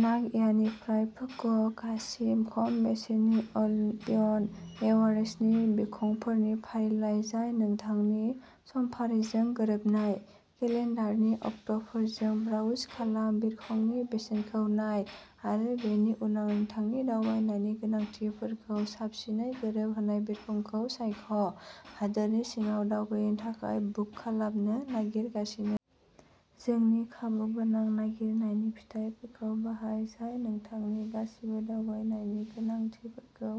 नाग' यानिफ्राय फुकुअ'कासिम खम बेसेननि अल Nippon ever एयारवेजनि बिरखंफोरनि फारिलाइ जाय नोंथांनि समफारिजों गोरोबनाय। केलेन्डारनि अक्ट'फोरजों ब्राउज खालाम, बिरखंनि बेसेनखौ नाय, आरो बेनि उनाव नोंथांनि दावबायनायनि गोनांथिफोरखौ साबसिनै गोरोबहोनाय बिरखंखौ सायख'। हादोरनि सिङाव दावबायनो थाखाय बुक खालामनो नागिरगासिनो? जोंनि खाबुगोनां नागिरनायनि फिथायफोरखौ बाहाय जाय नोंथांनि गासिबो दावबायनायनि गोनांथिफोरखौ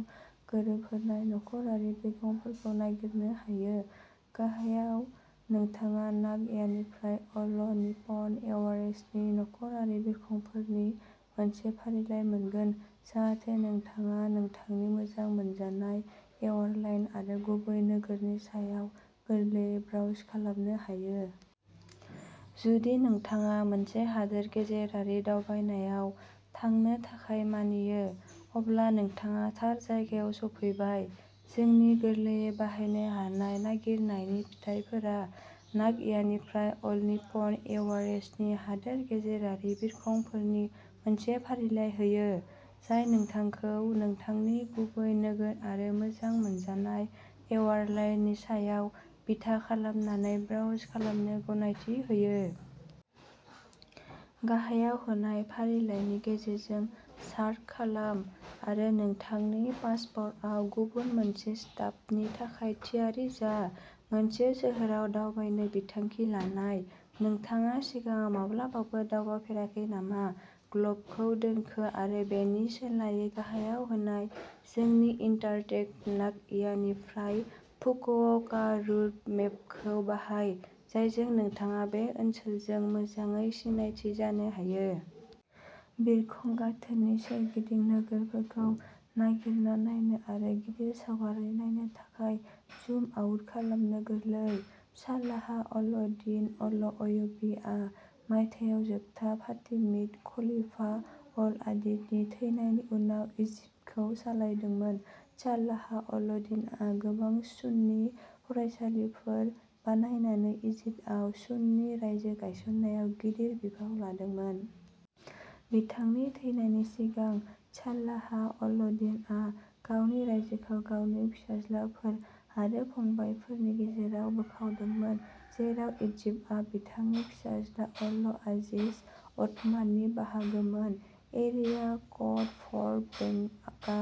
गोरोबहोनाय नखरारि बिरखंफोरखौ नागिरनो हायो। गाहायाव नोंथाङा नाग'यानिफ्राय अल निप्प'न एयारवेजनि नखरारि बिरखंफोरनि मोनसे फारिलाइ मोनगोन, जाहाथे नोंथाङा नोंथांनि मोजां मोनजानाय एयारलाइन आरो गुबै नोगोरनि सायाव गोरलैयै ब्राउज खालामनो हायो। जुदि नोंथाङा मोनसे हादोर गेजेरारि दावबायनायाव थांनो थाखाय मानियो, अब्ला नोंथाङा थार जायगायाव सफैबाय। जोंनि गोरलैयै बाहायनो हानाय नागिरनायनि फिथायफोरा नाग'यानिफ्राय अल निप्प'न एयारवेजनि हादोर गेजेरारि बिरखंफोरनि मोनसे फारिलाइ होयो, जाय नोंथांखौ नोंथांनि गुबै नोगोर आरो मोजां मोनजानाय एयार लाइननि सायाव बिथा खालामनानै ब्राउज खालामनो गनायथि होयो। गाहायाव होनाय फारिलाइनि गेजेरजों सार्ट खालाम आरो नोंथांनि पासपोर्टआव गुबुन मोनसे स्टाम्पनि थाखाय थियारि जा। मोनसे सोहोराव दावबायनो बिथांखि लानाय। नोंथाङा सिगाङाव माब्लाबाबो दावबायफेराखै नामा? ग्ल'बखौ दोनखो आरो बेनि सोलायै गाहायाव होनाय जोंनि इन्टारेक्टिभ नाग'या निफ्राय फुकुअ'का रुट मेपखौ बाहाय, जायजों नोंथाङा बे ओनसोलजों मोजाङै सिनायथि जानो हायो। बिरखं गाथोननि सोरगिदिं नोगोरफोरखौ नागिरना नायनो आरो गिदिर सावगारि नायनो थाखाय जुम आउट खालामनो गोरलै। सालाह अल-दीन अल-अयुबी आ मायथाइयाव जोबथा फातिमिद खलीफा अल-आदिदनि थैनायनि उनाव इजिप्टखौ सामलायदोंमोन। सालाह अल-दिनआ गोबां सुन्नी फरायसालिफोर बानायनानै इजिप्टआव सुन्नी रायजो गायसननायाव गिदिर बिफाव लादोंमोन। बिथांनि थैनायनि सिगां, सालाह अल-दिनआ गावनि रायजोखौ गावनि फिसाज्लाफोर आरो फंबायफोरनि गेजेराव बोखावदोंमोन, जेराव इजिप्टआ बिथांनि फिसाज्ला अल-आजिज अथमाननि बाहागोमोन। एरिया क'ड फर्ट बेनिं गा।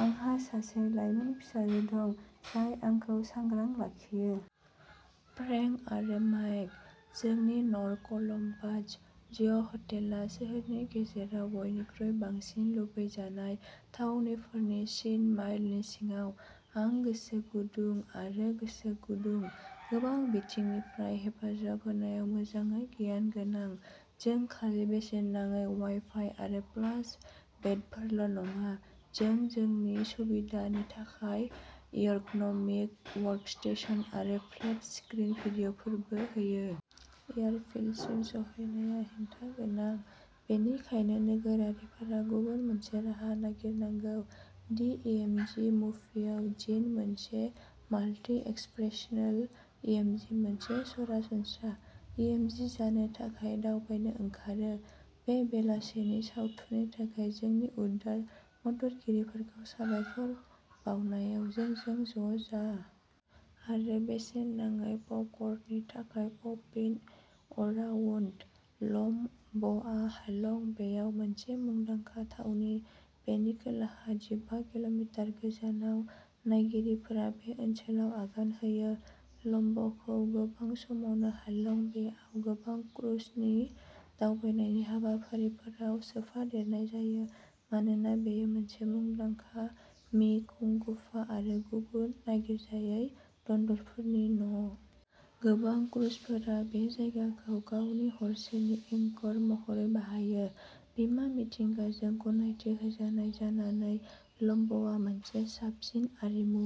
आंहा सासे लाइमोन फिसाजो दं जाय आंखौ सांग्रां लाखियो। फ्रेंक आरो माइक। जोंनि नर्थ कलम्बास, जीए हटेलआ सोहोरनि गेजेराव बयनिख्रुइ बांसिन लुबैजानाय थावनिफोरनि स्नि माइलनि सिङाव। आं गोसो गुदुं आरो गोसो गुदुं। गोबां बिथिंनिफ्राय हेफाजाब होनायाव मोजाङै गियान गोनां। जों खालि बेसेन नाङै वाइ-फाइ आरो प्लास बेडफोरल' नङा, जों नोंनि सुबिदानि थाखाय एर्ग'न'मिक वर्कस्टेशन आरो फ्लेट-स्क्रिन टिभिफोरबो होयो। एयारफील्डसिम सौहैनाया हेंथा गोनां, बेनिखायनो नोगोरारिफोरा गुबुन मोनसे राहा नागिरनांगौ। दि इम'जि मुभिआव, जिन, मोनसे माल्टि-एक्सप्रेसनल इम'जि, मोनसे सरासनस्रा इम'जि जानो थाखाय दावबायनो ओंखारो। बे बेलासानि सावथुननि थाखाय जोंनि उदार मददगिरिफोरखौ साबायखर बावनायाव जोंजों ज' जा। आरो बेसेन नाङै पपकर्ननि थाखाय पपिन' अराउन्ड। ल'म ब'आ हालं बेआव मोनसे मुंदांखा थावनि। बेनि खोलाहा जिबा किल'मिटार गोजानाव, नायगिरिफोरा बे ओनसोलाव आगान होगोन। ल'म ब'खौ गोबां समावनो हालं बेआव गोबां क्रुजनि दावबायनाय हाबाफारिफोराव सोफादेरनाय जायो मानोना बेयो मोनसे मुंदांखा मि कुं गुफा आरो गुबुन नागिरजायै दन्दरफोरनि न'। गोबां क्रुजफोरा बे जायगाखौ गावनि हरसेनि एंकर महरैबो बाहायो। बिमा मिथिंगाजों गनायथि होजानाय जानानै, ल'म ब'आ मोनसे साबसिन आरिमु।